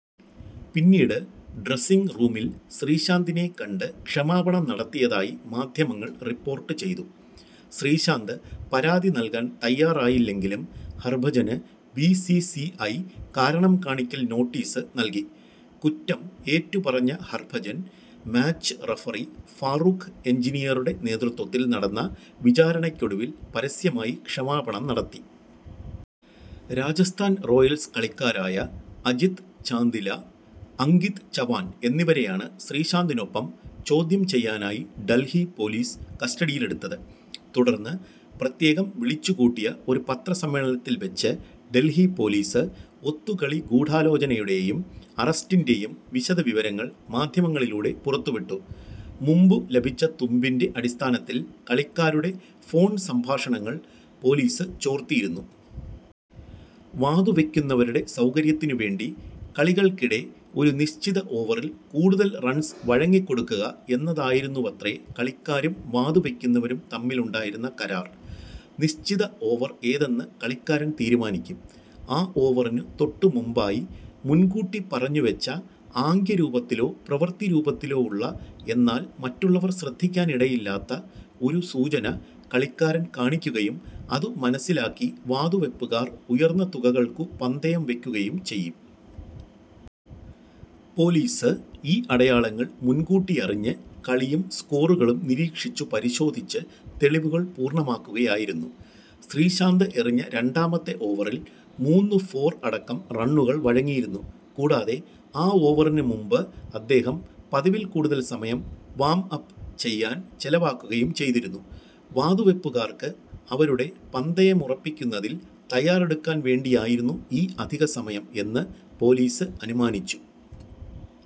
പിന്നീട് ഡ്രസിംഗ് റൂമിൽ ശ്രീശാന്തിനെ കണ്ട് ക്ഷമാപണം നടത്തിയതായി മാധ്യമങ്ങൾ റിപ്പോർട്ട് ചെയ്തു. ശ്രീശാന്ത് പരാതി നൽകാൻ തയ്യാറായില്ലെങ്കിലും ഹർഭജന് ബി. സി. സി. ഐ കാരണം കാണിക്കൽ നോട്ടീസ് നൽകി. കുറ്റം ഏറ്റുപറഞ്ഞ ഹർഭജൻ മാച്ച് റഫറി ഫാറൂഖ് എൻജിനിയറുടെ നേതൃത്വത്തിൽ നടന്ന വിചാരണക്കൊടുവിൽ പരസ്യമായി ക്ഷമാപണം നടത്തി. രാജസ്ഥാൻ റോയൽസ് കളിക്കാരായ അജിത് ചാന്ദില, അങ്കിത് ചവാൻ എന്നിവരെയാണ് ശ്രീശാന്തിനൊപ്പം ചോദ്യം ചെയ്യാനായി ഡൽഹി പൊലീസ് കസ്റ്റഡിയിലെടുത്തത്. തുടർന്നു്, പ്രത്യേകം വിളിച്ചുകൂട്ടിയ ഒരു പത്രസമ്മേളനത്തിൽ വെച്ച് ഡെൽഹി പോലീസ് ഒത്തുകളിഗൂഢാലോചനയുടേയും അറസ്റ്റിന്റേയും വിശദവിവരങ്ങൾ മാദ്ധ്യമങ്ങളിലൂടെ പുറത്തുവിട്ടു. മുമ്പു ലഭിച്ച തുമ്പിന്റെ അടിസ്ഥാനത്തിൽ കളിക്കാരുടെ ഫോൺ സംഭാഷണങ്ങൾ പോലീസ് ചോർത്തിയിരുന്നു. വാതുവെക്കുന്നവരുടെ സൗകര്യത്തിനു വേണ്ടി കളികൾക്കിടെ ഒരു നിശ്ചിത ഓവറിൽ കൂടുതൽ റൺസ് വഴങ്ങിക്കൊടുക്കുക എന്നതായിരുന്നുവത്രേ കളിക്കാരും വാതുവെക്കുന്നവരും തമ്മിലുണ്ടായിരുന്ന കരാർ. നിശ്ചിത ഓവർ ഏതെന്നു് കളിക്കാരൻ തീരുമാനിക്കും. ആ ഓവറിനു തൊട്ടുമുമ്പായി, മുൻകൂട്ടി പറഞ്ഞുവെച്ച, ആംഗ്യരൂപത്തിലോ പ്രവൃത്തിരൂപത്തിലോ ഉള്ള, എന്നാൽ മറ്റുള്ളവർ ശ്രദ്ധിക്കാനിടയില്ലാത്ത, ഒരു സൂചന കളിക്കാരൻ കാണിക്കുകയും അതു മനസ്സിലാക്കി വാതുവെപ്പുകാർ ഉയർന്ന തുകകൾക്കു പന്തയം വെക്കുകയും ചെയ്യും. പോലീസ് ഈ അടയാളങ്ങൾ മുൻകൂട്ടിയറിഞ്ഞ് കളിയും സ്കോറുകളും നിരീക്ഷിച്ചു പരിശോധിച്ച് തെളിവുകൾ പൂർണ്ണമാക്കുകയായിരുന്നു. ശ്രീശാന്ത് എറിഞ്ഞ രണ്ടാമത്തെ ഓവറിൽ മൂന്നു ഫോർ അടക്കം റണ്ണുകൾ വഴങ്ങിയിരുന്നു. കൂടാതെ, ആ ഓവറിനുമുമ്പ് അദ്ദേഹം പതിവിൽ കൂടുതൽ സമയം 'വാം അപ്' ചെയ്യാൻ ചെലവാക്കുകയും ചെയ്തിരുന്നു. വാതുവെപ്പുകാർക്കു് അവരുടെ പന്തയമുറപ്പിക്കുന്നതിൽ തയ്യാറെടുക്കാൻ വേണ്ടിയായിരുന്നു ഈ അധികസമയം എന്നു് പോലീസ് അനുമാനിച്ചു.